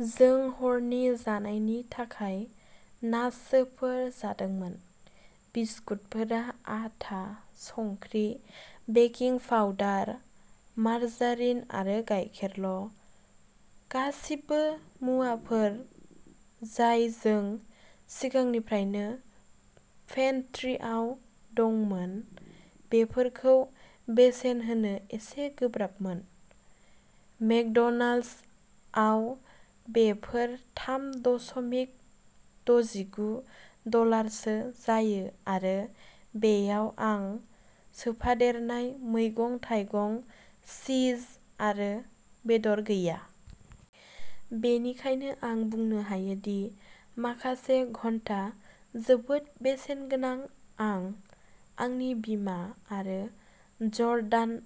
जों हरनि जानायनि थाखाय नाचोफोर जादोंमोन। बिस्कुटफोरा आटा, संख्रि, बेकिं पाउडार, मार्जारिन आरो गायखेरल' गासिबो मुवाफोर जाय जों सिगांनिफ्रायनो पेन्ट्रीआव दंमोन, बेफोरखौ बेसेन होनो एसे गोब्राबमोन। मेकड'नाल्ड्सआव बेफोर थाम दशमिक दजिगु डलारसो जायो आरो बेयाव आं सोफादेरनाय मैगं-थाइगं, चीज आरो बेदर गैया। बेनिखायनो आं बुंनो हायो दि माखासे घन्टा जोबोद बेसेन गोनां आं, आंनि बिमा आरो जर्डान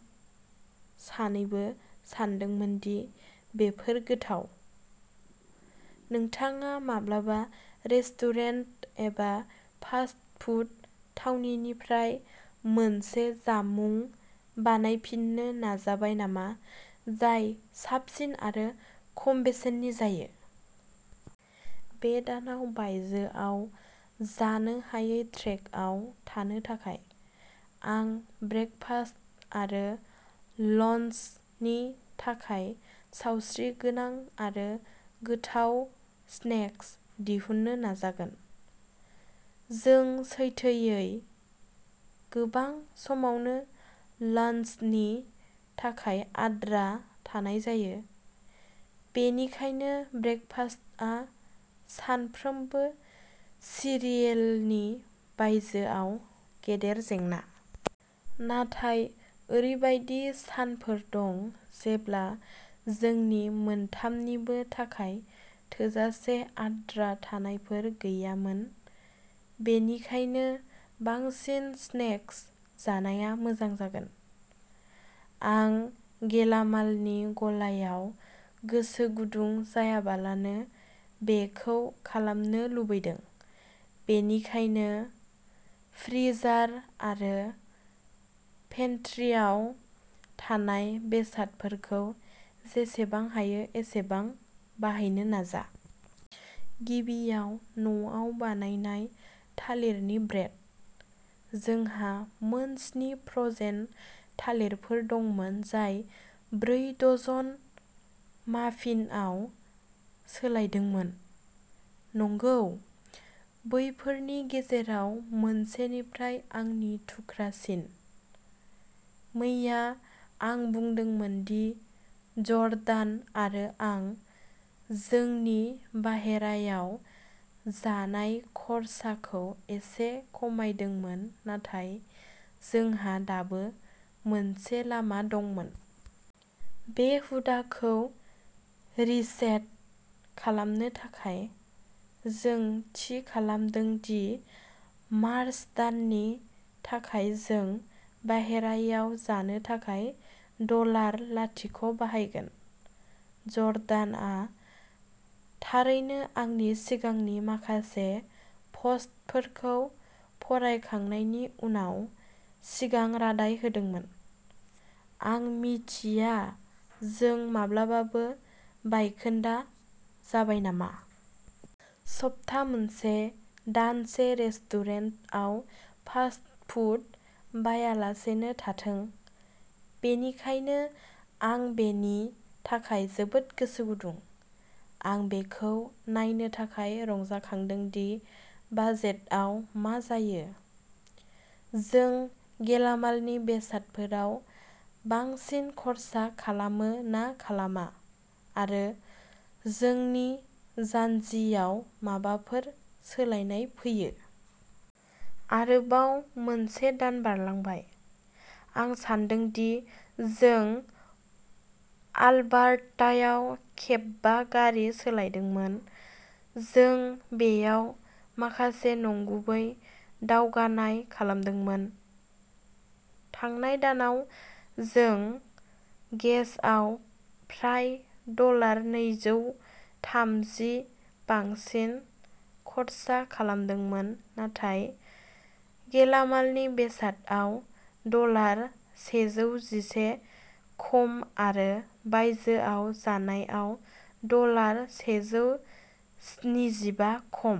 सानैबो सानदोंमोन दि बेफोर गोथाव। नोंथाङा माब्लाबा रेस्टुरेन्ट एबा फास्ट फुड थावनिनिफ्राय मोनसे जामुं बानायफिननो नाजाबाय नामा? जाय साबसिन आरो खम बेसेननि जायो। बे दानाव बायजोआव जानो हायै ट्रेकआव थानो थाखाय, आं ब्रेकफास्ट आरो लञ्चनि थाखाय सावस्रिगोनां आरो गोथाव स्नेक्स दिहुननो नाजागोन। जों सैथोयै, गोबां समावनो लाञ्चनि थाखाय आद्रा थानाय जायो, बेनिखायनो ब्रेकफास्टआ सानफ्रोमबो सिरियेलनि बायजोआव गेदेर जेंना। नाथाय ओरैबायदि सानफोर दं जेब्ला जोंनि मोनथामनिबो थाखाय थोजासे आद्रा थानायफोर गैयामोन-बेनिखायनो बांसिन स्नेक्स जानाया मोजां जागोन। आं गेलामालनि गलायाव गोसो गुदुं जायालाबानो बेखौ खालामनो लुबैदों, बेनिखायनो फ्रिजार आरो पेन्ट्रीआव थानाय बेसादफोरखौ जेसेबां हायो एसेबां बाहायनो नाजा। गिबियाव न'आव बानायनाय थालिरनि ब्रेड। जोंहा मोन स्नि फ्र'जेन थालिरफोर दंमोन जाय ब्रै दजन माफिनआव सोलायदोंमोन। नंगौ, बैफोरनि गेजेराव मोनसेनिफ्राय आंनि थुख्रा सिन। मैया आं बुंदोंमोन दि जर्डान आरो आं जोंनि बाहेरायाव जानाय खरसाखौ एसे खमायदोंमोन नाथाय जोंहा दाबो मोनसे लामा दंमोन। बे हुदाखौ'रिसेट'खालामनो थाखाय, जों थि खालामदों दि मार्च दाननि थाखाय जों बाहेरायाव जानो थाखाय डलार लाथिख बाहायगोन। जर्डानआ थारैनो आंनि सिगांनि माखासे पस्टफोरखौ फरायखांनायनि उनाव सिगां रादाय होदोंमोन। आं मिथिया जों माब्लाबाबो बायखोन्दा जाबाय नामा? सप्ता मोनसे, दानसे रेस्टुरेन्ट आव फास्ट फुड बायालासेसो थाथों, बेनिखायनो आं बेनि थाखाय जोबोद गोसो गुदुं। आं बेखौ नायनो थाखाय रंजाखांदों दि बाजेटआव मा जायो। जों गेलामालनि बेसादफोराव बांसिन खर्सा खालामो ना खालामा, आरो जोंनि जान्जियाव माबाफोर सोलायनाय फैयो। आरोबाव मोनसे दान बारलांबाय। आं सानदों दि जों आलबार्तायाव खेबबा गारि सोलायदोंमोन, जों बेयाव माखासे नंगुबै दावगानाय खालामदोंमोन। थांनाय दानाव जों गेसआव फ्राय डलार नैजौथामजि बांसिन खर्सा खालामदोंमोन, नाथाय गेलामालनि बेसादआव डलार सेजौजिसे खम आरो बायजोआव जानायआव डलार सेजौस्निजिबा खम।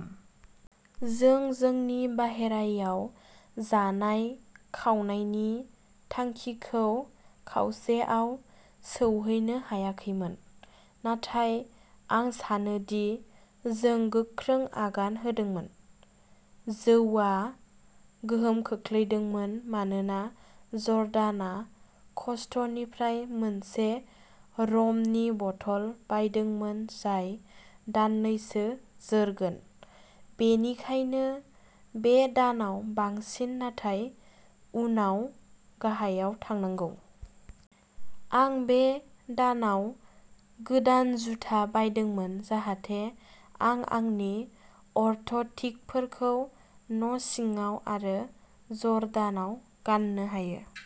जों जोंनि बाहेरायाव जानाय खावनायनि थांखिखौ खावसेआव सौहैनो हायाखैमोन, नाथाय आं सानोदि जों गोख्रों आगान होदोंमोन। जौआ गोहोम खोख्लैदोंमोन मानोना जर्डाना कस्टक'निफ्राय मोनसे रमनि बथल बायदोंमोन जाय दाननैसो जोरगोन, बेनिखायनो बे दानाव बांसिन नाथाय उनाव गाहायाव थांनांगौ। आं बे दानाव गोदान जुथा बायदोंमोन जाहाथे आं आंनि अर्थ'टिकफोरखौ न'सिङाव आरो जर्डानाव गान्नो हायो।